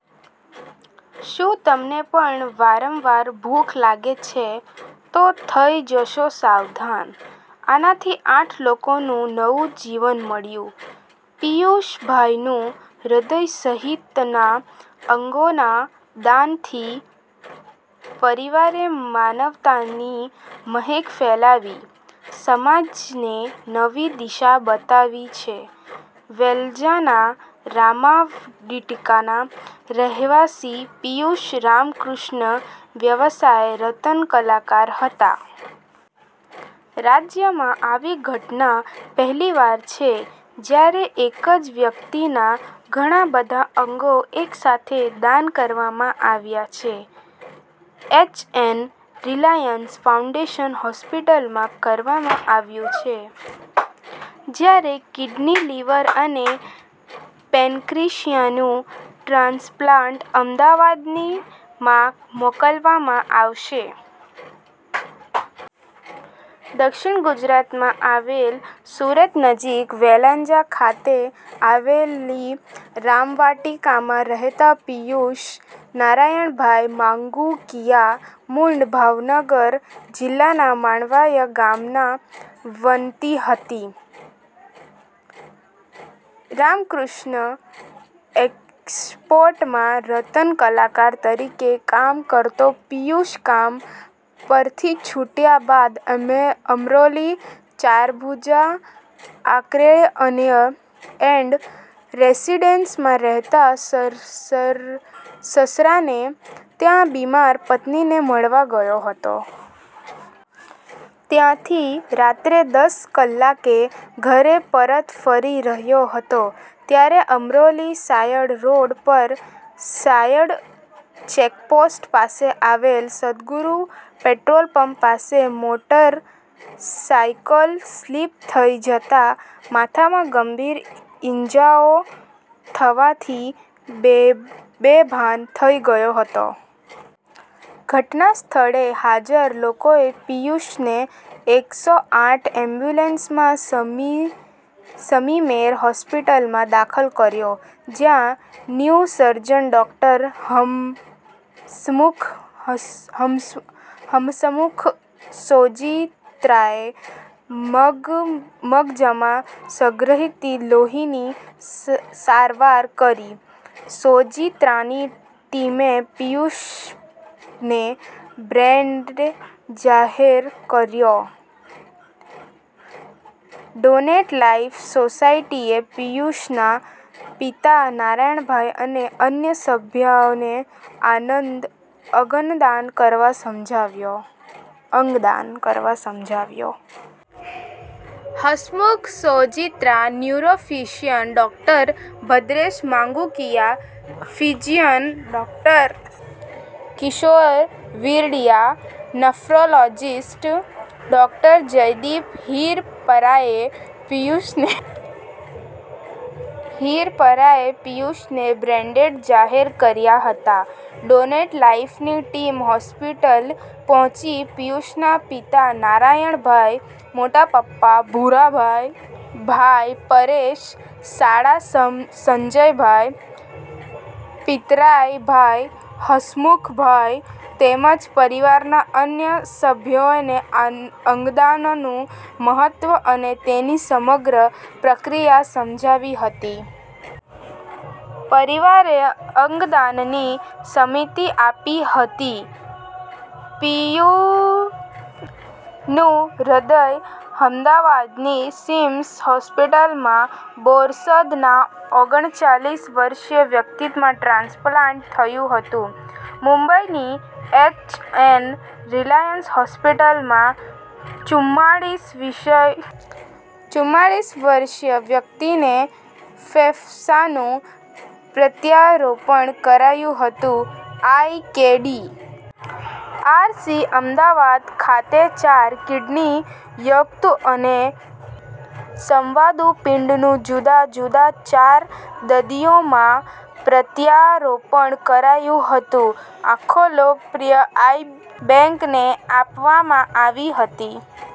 શું તમને પણ વારંવાર ભૂખ લાગે છે તો થઈ જજો સાવધાન! આનાથી આઠ લોકોને નવું જીવન મળ્યું. પીયુષભાઈનું હ્રદય સહિતના અંગોના દાનથી પરિવારે માનવતાની મહેક ફેલાવી સમાજને નવી દિશા બતાવી છે. વેલંજાના રામાવટિકાના રહેવાસી પીયૂષ રામકૃષ્ણ વ્યવસાયે રતન કલાકાર હતા. રાજ્યમાં આવી ઘટના પહેલીવાર છે જ્યારે એક જ વ્યક્તિના ઘણા બધા અંગો એક સાથે દાન કરવામાં આવ્યા છે. એચ. એન. રિલાયન્સ ફાઉન્ડેશન હોસ્પીટલમાં કરવામાં આવ્યું છે. જ્યારે કિડની, લિવર અને પેન્ક્રીસ્યાનું ટ્રાન્સપ્લાન્ટ અમદાવાદની માં મોકલવામાં આવશે. દક્ષીણ ગુજરાતમાં આવેલ સુરત નજીક વેલંજા ખાતે આવેલી રામવાટીકામાં રહેતા પીયુષ નારાયણભાઈ માંગુકીયા મૂળ ભાવનગર જિલ્લાના માળવાય ગામના વનટી હતી. રામકૃષ્ણ એક્ષ્પોર્ટમાં રતન કલાકાર તરીકે કામ કરતો પીયુષ કામ પરથી છુટ્યા બાદ અમરોલી ચારભુજા આર્કેડ એન્ડ રેસીડેન્સીમાં રહેતા સસરાને ત્યાં બીમાર પત્નીને મળવા ગયો હતો. ત્યાંથી રાત્રે દસ કલાકે ઘરે પરત ફરી રહ્યો હતો ત્યારે અમરોલી સાયણ રોડ પર સાયણ ચેકપોસ્ટ પાસે આવેલ સદગુરુ પેટ્રોલપંપ પાસે મોટરસાયકલ સ્લીપ થઇ જતા માથામાં ગંભીર ઈજાઓ થવાથી બેભાન થઇ ગયો હતો. ઘટના સ્થળે હાજર લોકોએ પિયુષને એકસો આઠ એમ્બ્યુલન્સમાં સ્મીમેર હોસ્પિટલમાં દાખલ કર્યો. જ્યાં ન્યુસર્જન ડૉક્ટર હમસમુખ સોજીત્રાએ મગજમાં સંગ્રહિત લોહીની સારવાર કરી. સોજીત્રાની ટીમે પિયુષને બ્રેનેડ જાહેર કર્યો હતો. ડોનેટ લાઇફ સોસાયટીએ પિયુષના પિતા નારાયણભાઇ અને અન્ય સભ્યોને અગન દાન કરવા સમજાવ્યા. Hasmukh Sojitra, neurophysician doctor Bhadresh Mangukiya, physician doctor Kishor Viradiya, nephrologist doctor Jaydeep હીરપરાએ પીયુષને બ્રેનડેડ જાહેર કર્યા હતા. ડોનેટ લાઈફની ટીમે હોસ્પિટલ પહોંચી પીયુષના પિતા નારણભાઈ, મોટા પપ્પા ભુરાભાઈ, ભાઈ પરેશ, સાળા સંજયભાઈ, પિતરાઈ ભાઈ હસમુખભાઈ તેમજ પરિવારના અન્ય સભ્યોને અંગદાનનું મહત્વ અને તેની સમગ્ર પ્રક્રિયા સમજાવી હતી. પરિવારે અંગદાનની સમિતિ આપી હતી. પીયુષનું હૃદય અમદાવાદની સિમ્સ હોસ્પિટલમાં બોરસદ ના ઓગણચાલીસ વર્ષીય વ્યક્તિમાં ટ્રાન્સપ્લાન્ટ થયું હતું. મુંબઇની એચ. એન. રિલાયન્સ હોસ્પિટલમાં ચૂમાળીસ વર્ષીય વ્યક્તિને ફેફસાંનું પ્રત્યારોપણ કરાયું હતું. I. K. D. R. C., Ahmedabad ખાતે ચાર કિડની, યકત અને સ્વાદુપિંડનું જુદા જુદા ચાર દર્દીઓમાં પ્રત્યારોપણ કરાયું હતું. આંખો લોકપ્રિય આઇ બેંકને આપવામાં આવી હતી.